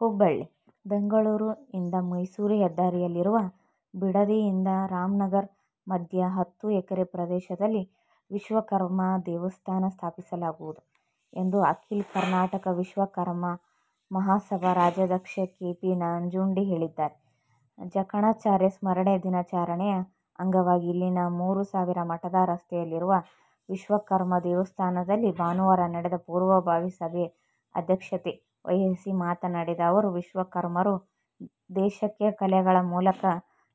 ಹುಬ್ಬಳ್ಳಿ: ಬೆಂಗಳೂರು ಇಂದ ಮೈಸೂರು ಹೆದ್ದಾರಿಯಲ್ಲಿರುವ ಬಿಡದಿ ಇಂದ ರಾಮನಗರ ಮಧ್ಯೆ ಹತ್ತು ಎಕರೆ ಪ್ರದೇಶದಲ್ಲಿ ವಿಶ್ವಕರ್ಮ ದೇವಸ್ಥಾನ ಸ್ಥಾಪಿಸಲಾಗುವುದು ಎಂದು ಅಖೀಲ ಕರ್ನಾಟಕ ವಿಶ್ವಕರ್ಮ ಮಹಾಸಭಾ ರಾಜ್ಯಾಧ್ಯಕ್ಷ ಕೆ. ಪಿ. ನಂಜುಂಡಿ ಹೇಳಿದ್ದಾರೆ. ಜಕಣಾಚಾರಿ ಸ್ಮರಣೆ ದಿನಾಚರಣೆ ಅಂಗವಾಗಿ ಇಲ್ಲಿನ ಮೂರುಸಾವಿರ ಮಠದ ರಸ್ತೆಯಲ್ಲಿರುವ ವಿಶ್ವಕರ್ಮ ದೇವಸ್ಥಾನದಲ್ಲಿ ಭಾನುವಾರ ನಡೆದ ಪೂರ್ವಭಾವಿ ಸಭೆ ಅಧ್ಯಕ್ಷತೆ ವಹಿಸಿ ಮಾತನಾಡಿದ ಅವರು, ವಿಶ್ವಕರ್ಮರು ದೇಶಕ್ಕೆ ಕಲೆಗಳ ಮೂಲಕ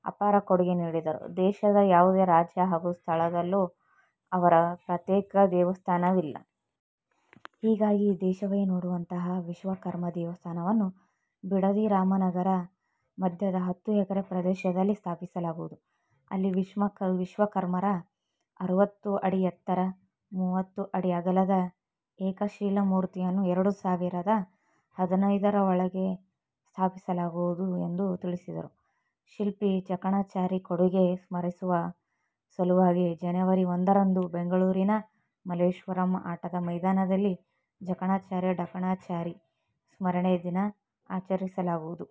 ಅಪಾರ ಕೊಡುಗೆ ನೀಡಿದ್ದರೂ ದೇಶದ ಯಾವುದೇ ರಾಜ್ಯ ಹಾಗೂ ಸ್ಥಳದಲ್ಲೂ ಅವರ ಪ್ರತ್ಯೇಕ ದೇವಸ್ಥಾನವಿಲ್ಲ. ಹೀಗಾಗಿ ದೇಶವೇ ನೋಡುವಂತಹ ವಿಶ್ವಕರ್ಮ ದೇವಸ್ಥಾನವನ್ನು ಬಿಡದಿ-ರಾಮನಗರ ಮಧ್ಯದ ಹತ್ತು ಎಕರೆ ಪ್ರದೇಶದಲ್ಲಿ ಸ್ಥಾಪಿಸಲಾಗುವುದು. ಅಲ್ಲಿ ವಿಶ್ವಕರ್ಮರ ಅರವತ್ತು ಅಡಿ ಎತ್ತರ, ಮೂವತ್ತು ಅಡಿ ಅಗಲದ ಏಕಶಿಲಾ ಮೂರ್ತಿಯನ್ನು ಎರಡು ಸಾವಿರದ ಹದಿನೈದರೊಳಗೆ ಸ್ಥಾಪಿಸಲಾಗುವುದು ಎಂದು ತಿಳಿಸಿದರು. ಶಿಲ್ಪಿ ಜಕಣಾಚಾರಿ ಕೊಡುಗೆ ಸ್ಮರಿಸುವ ಸಲುವಾಗಿ ಜನವರಿ ಒಂದರಂದು ಬೆಂಗಳೂರಿನ ಮಲ್ಲೇಶ್ವರಂ ಆಟದ ಮೈದಾನದಲ್ಲಿ ಜಕಣಾಚಾರಿ ಡಂಕಣಾಚಾರಿ ಸ್ಮರಣೆ ದಿನ ಆಚರಿಸಲಾಗುವುದು.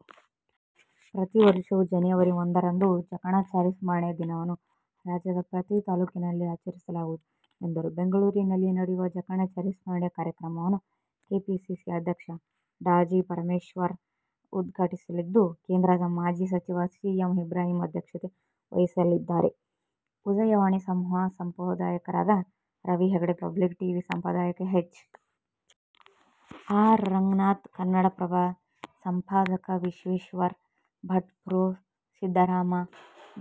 ಪ್ರತಿವರ್ಷವೂ ಜನವರಿ ಒಂದರಂದು ಜಕಣಾಚಾರಿ ಸ್ಮರಣೆ ದಿನವನ್ನು ರಾಜ್ಯದ ಪ್ರತಿ ತಾಲೂಕಿನಲ್ಲೂ ಆಚರಿಸಲಾಗುವುದು ಎಂದರು. ಬೆಂಗಳೂರಿನಲ್ಲಿ ನಡೆಯುವ ಜಕಣಾಚಾರಿ ಸ್ಮರಣೆ ಕಾರ್ಯಕ್ರಮವನ್ನು ಕೆಪಿಸಿಸಿ ಅಧ್ಯಕ್ಷ ಡಾ. ಜಿ. ಪರಮೇಶ್ವರ ಉದ್ಘಾಟಿಸಲಿದ್ದು, ಕೇಂದ್ರದ ಮಾಜಿ ಸಚಿವ ಸಿ. ಎಂ. ಇಬ್ರಾಹಿಂ ಅಧ್ಯಕ್ಷತೆ ವಹಿಸಲಿದ್ದಾರೆ. ಉದಯವಾಣಿ ಸಮೂಹ ಸಂಪಾದಕರಾದ ರವಿ ಹೆಗಡೆ ಪಬ್ಲಿಕ್ ಟಿವಿ ಸಂಪಾದಕ ಎಚ್. ಆರ್. ರಂಗನಾಥ್ ಕನ್ನಡ ಪ್ರಭ ಸಂಪಾದಕ ವಿಶ್ವೇಶ್ವರ ಭಟ್ ಪ್ರೊ. ಸಿದ್ಧರಾಮ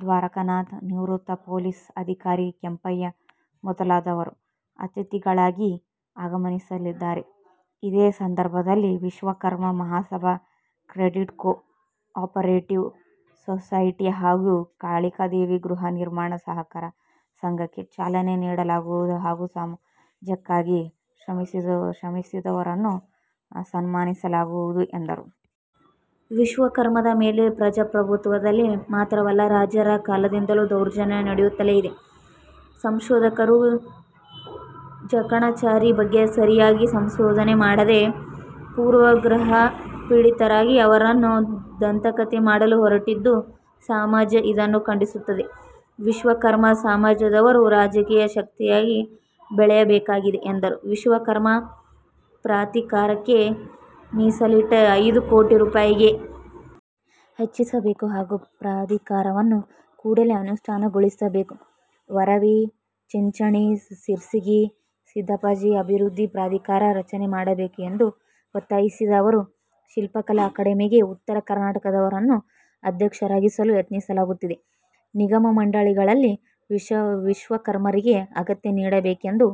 ದ್ವಾರಕಾನಾಥ ನಿವೃತ್ತ ಪೊಲೀಸ್ ಅಧಿಕಾರಿ ಕೆಂಪಯ್ಯ ಮೊದಲಾದವರು ಅತಿಥಿಗಳಾಗಿ ಆಗಮಿಸಲಿದ್ದಾರೆ. ಇದೇ ಸಂದರ್ಭದಲ್ಲಿ Vishwakarma Mahasabha credit cooperative society ಹಾಗೂ ಕಾಳಿಕಾದೇವಿ ಗೃಹ ನಿರ್ಮಾಣ ಸಹಕಾರ ಸಂಘಕ್ಕೆ ಚಾಲನೆ ನೀಡಲಾಗುವುದು ಹಾಗೂ ಸಮಾಜಕ್ಕಾಗಿ ಶ್ರಮಿಸಿದವರನ್ನು ಸನ್ಮಾನಿಸಲಾಗುವುದು ಎಂದರು. ವಿಶ್ವಕರ್ಮರ ಮೇಲೆ ಪ್ರಜಾಪ್ರಭುತ್ವದಲ್ಲಿ ಮಾತ್ರವಲ್ಲ ರಾಜರ ಕಾಲದಿಂದಲೂ ದೌರ್ಜನ್ಯ ನಡೆಯುತ್ತಲೇ ಇದೆ. ಸಂಶೋಧಕರು ಜಕಣಾಚಾರಿ ಬಗ್ಗೆ ಸರಿಯಾಗಿ ಸಂಶೋಧನೆ ಮಾಡದೆ ಪೂರ್ವಗ್ರಹಪೀಡಿತರಾಗಿ ಅವರನ್ನು ದಂತಕಥೆ ಮಾಡಲು ಹೊರಟಿದ್ದು, ಸಮಾಜ ಇದನ್ನು ಖಂಡಿಸುತ್ತದೆ. ವಿಶ್ವಕರ್ಮ ಸಮಾಜದವರು ರಾಜಕೀಯ ಶಕ್ತಿಯಾಗಿ ಬೆಳೆಯಬೇಕಾಗಿದೆ ಎಂದರು. ವಿಶ್ವಕರ್ಮ ಪ್ರಾಧಿಕಾರಕ್ಕೆ ಮೀಸಲಿಟ್ಟ ಐದು ಕೋಟಿ ರೂ.ಗೆ ಹೆಚ್ಚಿಸಬೇಕು ಹಾಗೂ ಪ್ರಾಧಿಕಾರವನ್ನು ಕೂಡಲೇ ಅನುಷ್ಠಾನಗೊಳಿಸಬೇಕು, ವರವಿ, ಚಿಂಚಣಿ, ಶಿರಸಂಗಿ, ಸಿದ್ದಪ್ಪಾಜಿ ಅಭಿವೃದ್ಧಿ ಪ್ರಾಧಿಕಾರ ರಚನೆ ಮಾಡಬೇಕು ಎಂದು ಒತ್ತಾಯಿಸಿದ ಅವರು, ಶಿಲ್ಪಕಲಾ ಅಕಾಡೆಮಿಗೆ ಉತ್ತರ ಕರ್ನಾಟಕದವರನ್ನು ಅಧ್ಯಕ್ಷರಾಗಿಸಲು ಯತ್ನಿಸಲಾಗುತ್ತಿದೆ. ನಿಗಮ ಮಂಡಳಿಗಳಲ್ಲಿ ವಿಶ್ವಕರ್ಮರಿಗೆ ಆದ್ಯತೆ ನೀಡಬೇಕೆಂದು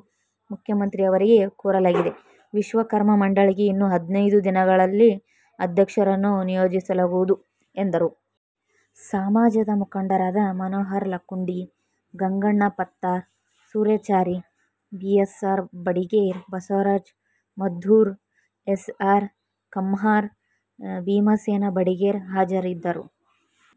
ಮುಖ್ಯಮಂತ್ರಿ ಅವರಿಗೆ ಕೋರಲಾಗಿದೆ. ವಿಶ್ವಕರ್ಮ ಮಂಡಳಿಗೆ ಇನ್ನು ಹದಿನೈದು ದಿನಗಳಲ್ಲಿ ಅಧ್ಯಕ್ಷರನ್ನು ನಿಯೋಜಿಸಲಾಗುವುದು ಎಂದರು. ಸಮಾಜದ ಮುಖಂಡರಾದ Manohar Lakkundi, Ganganna Pattar, Suryachari, B. R. Badiger, Basavaraj Maddur, S. R. Kammar, Bhimasena Badiger ಹಾಜರಿದ್ದರು.